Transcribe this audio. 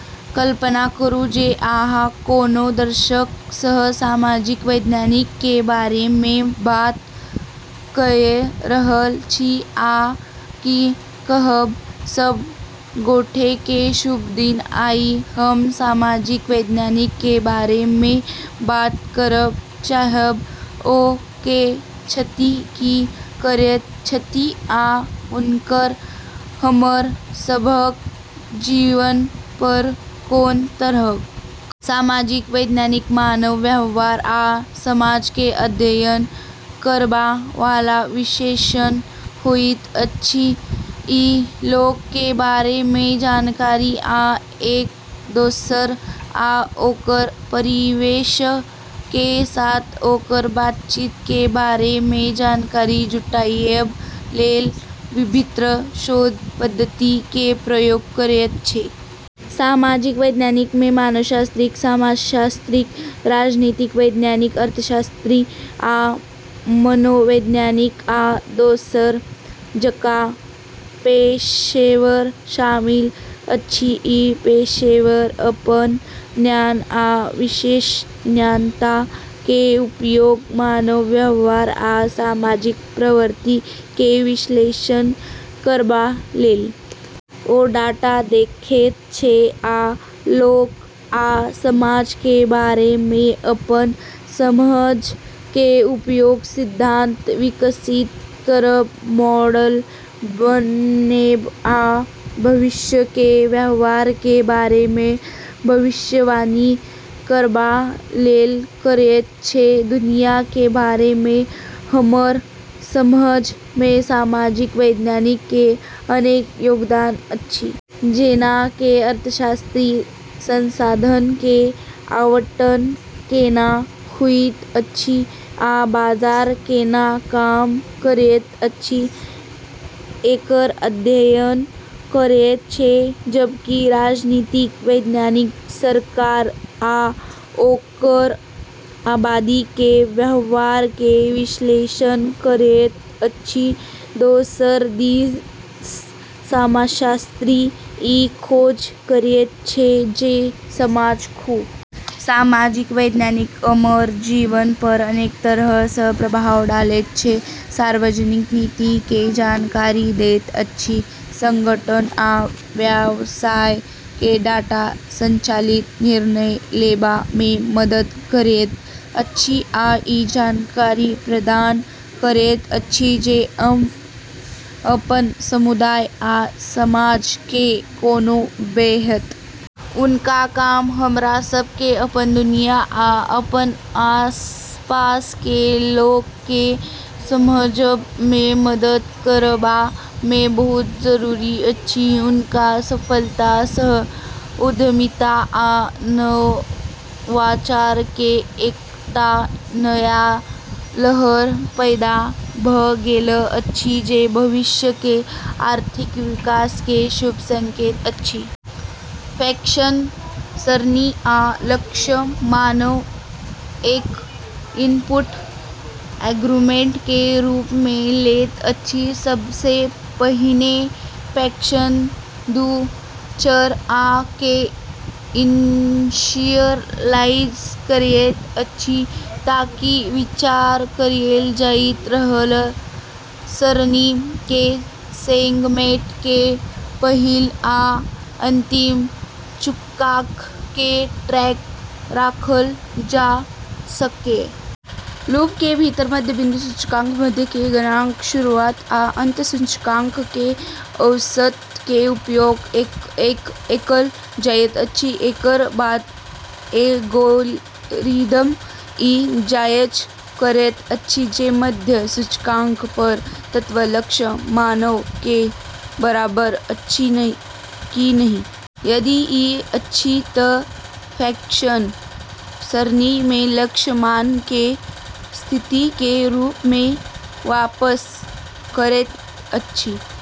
कल्पना करू जे अहाँ कोनो दर्शक सँ सामाजिक वैज्ञानिक के बारे मे बात कए रहल छी, अहाँ की कहब। सब गोटे के शुभ दिन, आइ हम सामाजिक वैज्ञानिक के बारे मे बात करब चाहब, ओ के छथि, की करैत छथि, आ हुनकर हमर सबहक जीवन पर कोन तरहक असर पड़ैत अछि। सामाजिक वैज्ञानिक मानव व्यवहार आ समाज के अध्ययन करबा वाला विशेषज्ञ होइत छथि। ई लोक के बारे मे जानकारी आ एक-दोसर आ ओकर परिवेश के साथ ओकर बातचीत के बारे मे जानकारी जुटाएब लेल विभिन्न शोध पद्धति के प्रयोग करैत छै। सामाजिक वैज्ञानिक मे मानवशास्त्री, समाजशास्त्री, राजनीतिक वैज्ञानिक, अर्थशास्त्री, आ मनोवैज्ञानिक आ दोसर जकां पेशेवर शामिल अछि। ई पेशेवर अपन ज्ञान आ विशेषज्ञता के उपयोग मानव व्यवहार आ सामाजिक प्रवृत्ति के विश्लेषण करबा लेल करैत छै। ओ डाटा देखैत छै आ लोक आ समाज के बारे मे अपन समझ के उपयोग सिद्धांत विकसित करब, मॉडल बनेब आ भविष्य के व्यवहार के बारे मे भविष्यवाणी करबा लेल करैत छै। दुनिया के बारे मे हमर समझ मे सामाजिक वैज्ञानिक के अनेक योगदान अछि। जेना कि अर्थशास्त्री संसाधन के आवंटन केना होइत अछि आ बाजार केना काम करैत अछि, एकर अध्ययन करैत छै, जबकि राजनीतिक वैज्ञानिक सरकार आ ओकर आबादी के व्यवहार के विश्लेषण करैत अछि। दोसर दिस समाजशास्त्री ई खोज करैत छै जे समाज खुद के कोना संगठित करैत अछि आ व्यक्ति एक-दोसर के साथ कोना बातचीत करैत अछि। सामाजिक वैज्ञानिक हमर जीवन पर अनेक तरह सँ प्रभाव डालैत छै। ई सार्वजनिक नीति के जानकारी दैत अछि, संगठन आ व्यवसाय के डाटा संचालित निर्णय लेबा मे मदद करैत अछि, आ ई जानकारी प्रदान करैत अछि जे हम अपन समुदाय आ समाज के कोना बेहतर बना सकैत छी। हुनक काम हमरा सब के अपन दुनिया आ अपन आसपास के लोक के समझब मे मदद करबा मे बहुत जरूरी अछि। हुनक सफलता सँ उद्यमिता आ नवाचार के एकटा नया लहर पैदा भ गेल अछि, जे भविष्य के आर्थिक विकास के शुभ संकेत अछि। फंक्शन सरणी आ लक्ष्य मान कए इनपुट आर्गुमेंट के रूप मे लैत अछि। सबसे पहिने, फंक्शन दू चर, आ के इनिशियलाइज करैत अछि, ताकि विचार कएल जाइत रहल सरणी के सेगमेंट के पहिल आ अंतिम सूचकांक के ट्रैक राखल जा सकए। लूप के भीतर, मध्य बिंदु सूचकांक मध्य के गणना शुरुआत आ अंत सूचकांक के औसत के उपयोग कए कए कएल जाइत अछि। एकर बाद एल्गोरिदम ई जांच करैत अछि जे मध्य सूचकांक पर तत्व लक्ष्य मान के बराबर अछि कि नहि। यदि ई अछि, त फंक्शन सरणी मे लक्ष्य मान के स्थिति के रूप मे वापस करैत अछि।